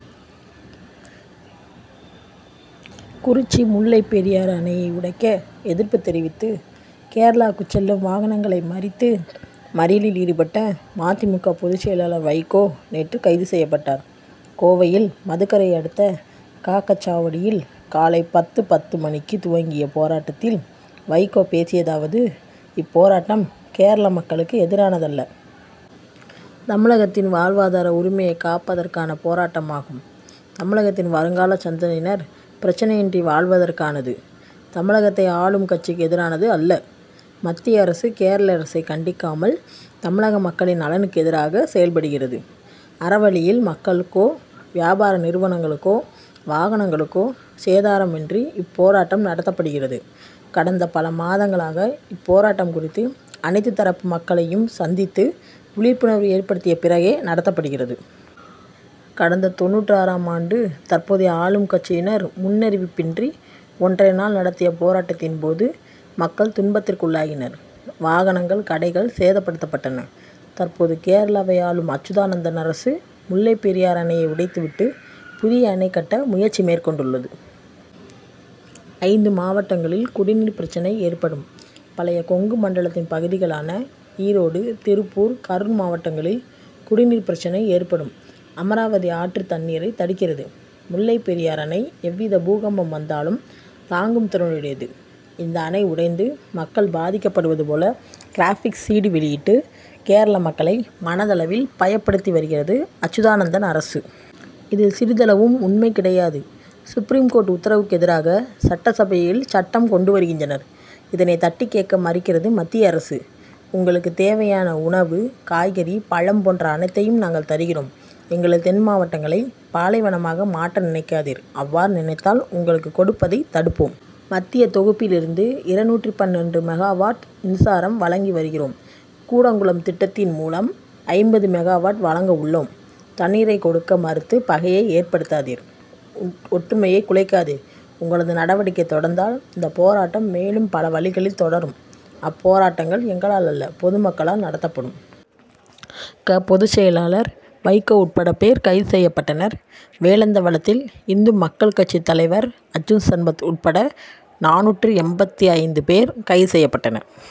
குறிச்சி முல்லைப் பெரியாறு அணையை உடைக்க எதிர்ப்பு தெரிவித்து, கேரளாவுக்கு செல்லும் வாகனங்களை மறித்து மறியலில் ஈடுபட்ட ம. தி. மு. க., பொதுச் செயலாளர் வைகோ நேற்று கைது செய்யப்பட்டார். கோவையில் மதுக்கரையை அடுத்த க. க. சாவடியில் காலை பத்து.பத்து மணிக்கு துவங்கிய போராட்டத்தில் வைகோ பேசியதாவது: இப்போராட்டம் கேரள மக்களுக்கு எதிரானதல்ல. தமிழகத்தின் வாழ்வாதார உரிமையை காப்பதற்கான போராட்டமாகும். தமிழகத்தின் வருங்கால சந்ததியினர் பிரச்னையின்றி வாழ்வதற்கானது. தமிழகத்தை ஆளும் கட்சிக்கு எதிரானதல்ல. மத்திய அரசு, கேரள அரசை கண்டிக்காமல், தமிழக மக்களின் நலனுக்கு எதிராக செயல்படுகிறது. அறவழியில், மக்களுக்கோ, வியாபார நிறுவனங்களுக்கோ, வாகனங்களுக்கோ சேதாரமின்றி இப்போராட்டம் நடத்தப்படுகிறது. கடந்த பல மாதங்களாக இப்போராட்டம் குறித்து, அனைத்து தரப்பு மக்களையும் சந்தித்து விழிப்புணர்வு ஏற்படுத்திய பிறகே நடத்தப்படுகிறது. கடந்த தொண்ணூற்று ஆறு ம் ஆண்டு தற்போதைய ஆளும்கட்சியினர், முன்னறிவிப்பின்றி ஒன்றரை நாள் நடத்திய போராட்டத்தின்போது மக்கள் துன்பத்துக்குள்ளாகினர். வாகனங்கள், கடைகள் சேதப்படுத்தப்பட்டன. தற்போது கேரளாவை ஆளும் அச்சுதானந்தன் அரசு, முல்லை பெரியாறு அணை யை உடைத்து விட்டு, புதிய அணை கட்ட முயற்சி மேற்கொண்டுள்ளது. ஐந்து மாவட்டங்களில் குடிநீர்ப் பிரச்னை ஏற்படும். பழைய கொங்கு மண்டலத்தின் பகுதிகளான ஈரோடு, திருப்பூர், கரூர் மாவட் டங்களில் குடிநீர் பிரச்னை ஏற்படும். அமராவதி ஆற்று தண்ணீரை தடுக்கிறது. முல்லைப் பெரியாறு அணை, எவ்வித பூகம்பம் வந்தாலும் தாங்கும் திறனுடையது. இந்த அணை உடைந்து மக்கள் பாதிக்கப்படுவது போல, கிராபிக்ஸ் 'சிடி' வெளியிட்டு, கேரள மக்களை மனதளவில் பயப்படுத்தி வருகிறது அச்சுதானந்தன் அரசு. இதில், சிறிதளவும் உண்மை கிடையாது. சுப்ரீம் கோர்ட் உத்தரவுக்கு எதிராக, சட்டசபையில் சட்டம் கொண்டு வருகின்றனர். இதனை தட்டிக் கேட்க மறுக்கிறது மத்திய அரசு. உங்களுக்கு தேவையான உணவு, காய்கறி, பழம் போன்ற அனைத்தையும் நாங்கள் தருகிறோம். எங்களது தென்மாவட்டங்களை பாலைவனமாக மாற்ற நினைக்காதீர். அவ்வாறு நினைத்தால், உங்களுக்கு கொடுப்பதை தடுப்போம். மத்திய தொகுப்பிலிருந்து இருநூற்று பன்னிரண்டு மெகாவாட் மின்சாரம் வழங்கி வருகிறோம். கூடங்குளம் திட்டத்தின் மூலம், ஐம்பது மெகாவாட் வழங்க உள்ளோம். தண்ணீரை கொடுக்க மறுத்து, பகையை ஏற்படுத்தாதீர், ஒற்றுமையை குலைக்காதீர். உங்களது நடவடிக்கை தொடர்ந்தால், இந்தப் போராட்டம் மேலும் பல வழிகளில் தொடரும். அப்போராட்டங்கள் எங்களால் அல்ல; பொதுமக்களால் நடத்தப்படும். க., பொதுச் செயலாளர் வைகோ உள்பட பேர் கைது செய்யப்பட்டனர். வேலந்தவளத்தில் இந்து மக்கள் கட்சி தலைவர் அர்ஜூன்சம்பத் உள்பட நானூற்று எண்பத்தைந்து பேர் கைது செய்ய பட்டனர்.